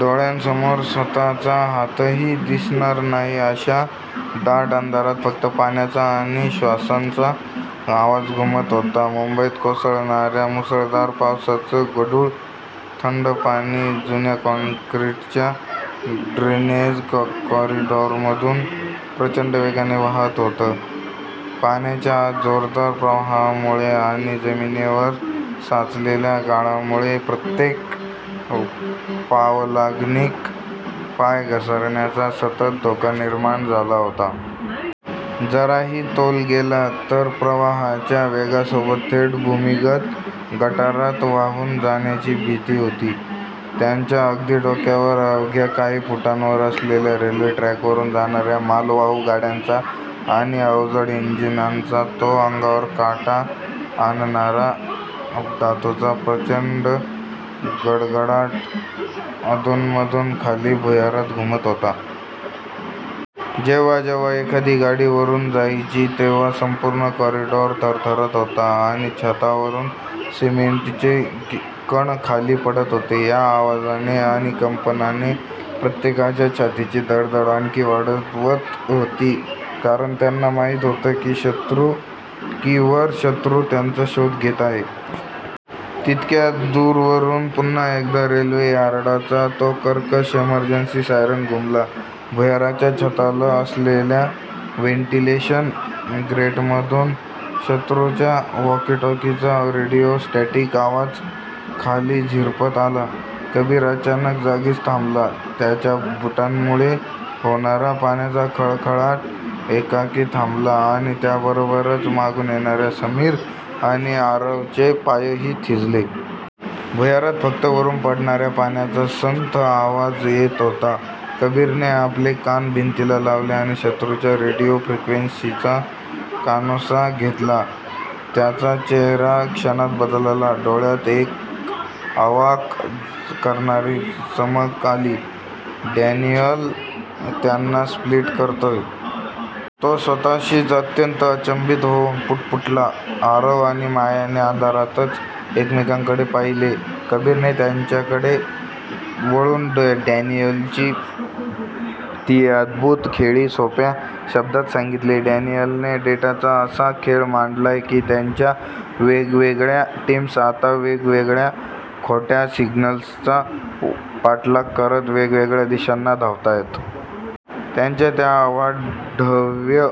डोळ्यांसमोर स्वतःचा हातही दिसणार नाही अशा दाट अंधारात फक्त पाण्याचा आणि श्वासांचा आवाज घुमत होता. मुंबईत कोसळणाऱ्या मुसळधार पावसाचं गढूळ, थंड पाणी जुन्या काँक्रीटच्या ड्रेनेज कॉरिडॉरमधून प्रचंड वेगाने वाहत होतं. पाण्याच्या जोरदार प्रवाहामुळे आणि जमिनीवर साचलेल्या गाळामुळे प्रत्येक पावलागणिक पाय घसरण्याचा सतत धोका निर्माण झाला होता. जराही तोल गेला, तर प्रवाहाच्या वेगासोबत थेट भूमिगत गटारात वाहून जाण्याची भीती होती. त्यांच्या अगदी डोक्यावर, अवघ्या काही फुटांवर असलेल्या रेल्वे ट्रॅकवरून जाणाऱ्या मालवाहू गाड्यांचा आणि अवजड इंजिनांचा तो अंगावर काटा आणणारा धातूचा प्रचंड गडगडाट अधूनमधून खाली भुयारात घुमत होता. जेव्हा जेव्हा एखादी गाडी वरून जायची, तेव्हा संपूर्ण कॉरिडॉर थरथरत होता आणि छतावरून सिमेंटचे कण खाली पडत होते. या आवाजाने आणि कंपनाने प्रत्येकाच्या छातीची धडधड आणखी वाढवत होती; कारण त्यांना माहीत होतं की वर शत्रू त्यांचा शोध घेत आहे. तितक्यात, दूर वरून पुन्हा एकदा रेल्वे यार्डाचा तो कर्कश इमर्जन्सी सायरन घुमला. भुयाराच्या छताला असलेल्या व्हेंटिलेशन ग्रेटमधून शत्रूच्या वॉकी-टॉकीचा रेडिओ स्टॅटिक आवाज खाली झिरपत आला, कबीर अचानक जागीच थांबला. त्याच्या बुटांमुळे होणारा पाण्याचा खळखळाट एकाएकी थांबला आणि त्याबरोबरच मागून येणाऱ्या समीर आणि आरवचे पायही थिजले. भुयारात फक्त वरून पडणाऱ्या पाण्याचा संथ आवाज येत होता. कबीरने आपले कान भिंतीला लावले आणि शत्रूच्या रेडिओ फ्रिक्वेन्सीचा कानोसा घेतला. त्याचा चेहरा क्षणात बदलला, डोळ्यांत एक अवाक करणारी चमक आली. "डॅनियल त्यांना स्प्लिट करतोय. " तो स्वतःशीच, अत्यंत अचंबित होऊन पुटपुटला. आरव आणि मायाने अंधारातच एकमेकांकडे पाहिले. कबीरने त्यांच्याकडे वळून डॅनियलची ती अद्भूत खेळी सोप्या शब्दांत सांगितली, "डॅनियलने डेटाचा असा खेळ मांडलाय की त्यांच्या वेगवेगळ्या टीम्स आता वेगवेगळ्या खोट्या सिग्नल्सचा पाठलाग करत वेगवेगळ्या दिशांना धावतायत. त्यांच्या त्या अवाढव्य,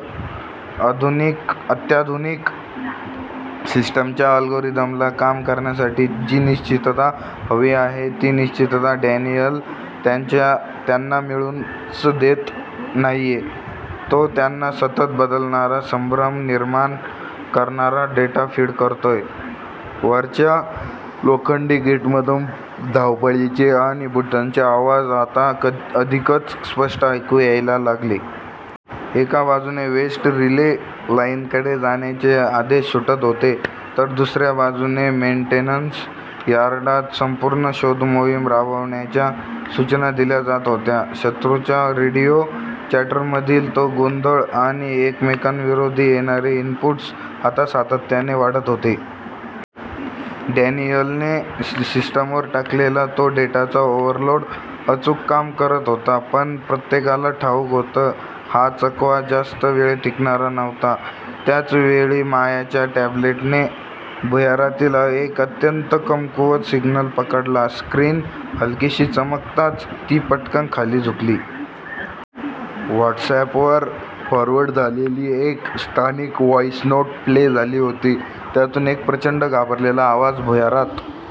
आधुनिक अत्याधुनिक सिस्टीमच्या अल्गोरिदमला काम करण्यासाठी जी 'निश्चितता' हवी आहे. ती निश्चितता डॅनियल त्यांच्या त्यांना मिळूच देत नाहीये. तो त्यांना सतत बदलणारा, संभ्रम निर्माण करणारा डेटा फीड करतोय." वरच्या लोखंडी ग्रेटमधून धावपळीचे आणि बुटांचे आवाज आता अधिकच स्पष्ट ऐकू यायला लागले. एका बाजूने वेस्ट रिले लाईनकडे जाण्याचे आदेश सुटत होते, तर दुसऱ्या बाजूने मेन्टेनन्स यार्डात संपूर्ण शोधमोहीम राबवण्याच्या सूचना दिल्या जात होत्या. शत्रूच्या रेडिओ चॅटरमधील तो गोंधळ आणि एकमेकांविरोधी येणारे इनपुट्स आता सातत्याने वाढत होते. डॅनियलने सिस्टीमवर टाकलेला तो डेटाचा ओव्हरलोड अचूक काम करत होता. पण प्रत्येकाला ठाऊक होतं. हा चकवा जास्त वेळ टिकणारा नव्हता. त्याच वेळी मायाच्या टॅब्लेटने भुयारातील एक अत्यंत कमकुवत सिग्नल पकडला. स्क्रीन हलकीशी चमकताच ती पटकन खाली झुकली. व्हॉट्सअॅपवर फॉरवर्ड झालेली एक स्थानिक व्हॉईस नोट प्ले झाली होती. त्यातून एक प्रचंड घाबरलेला आवाज भुयारात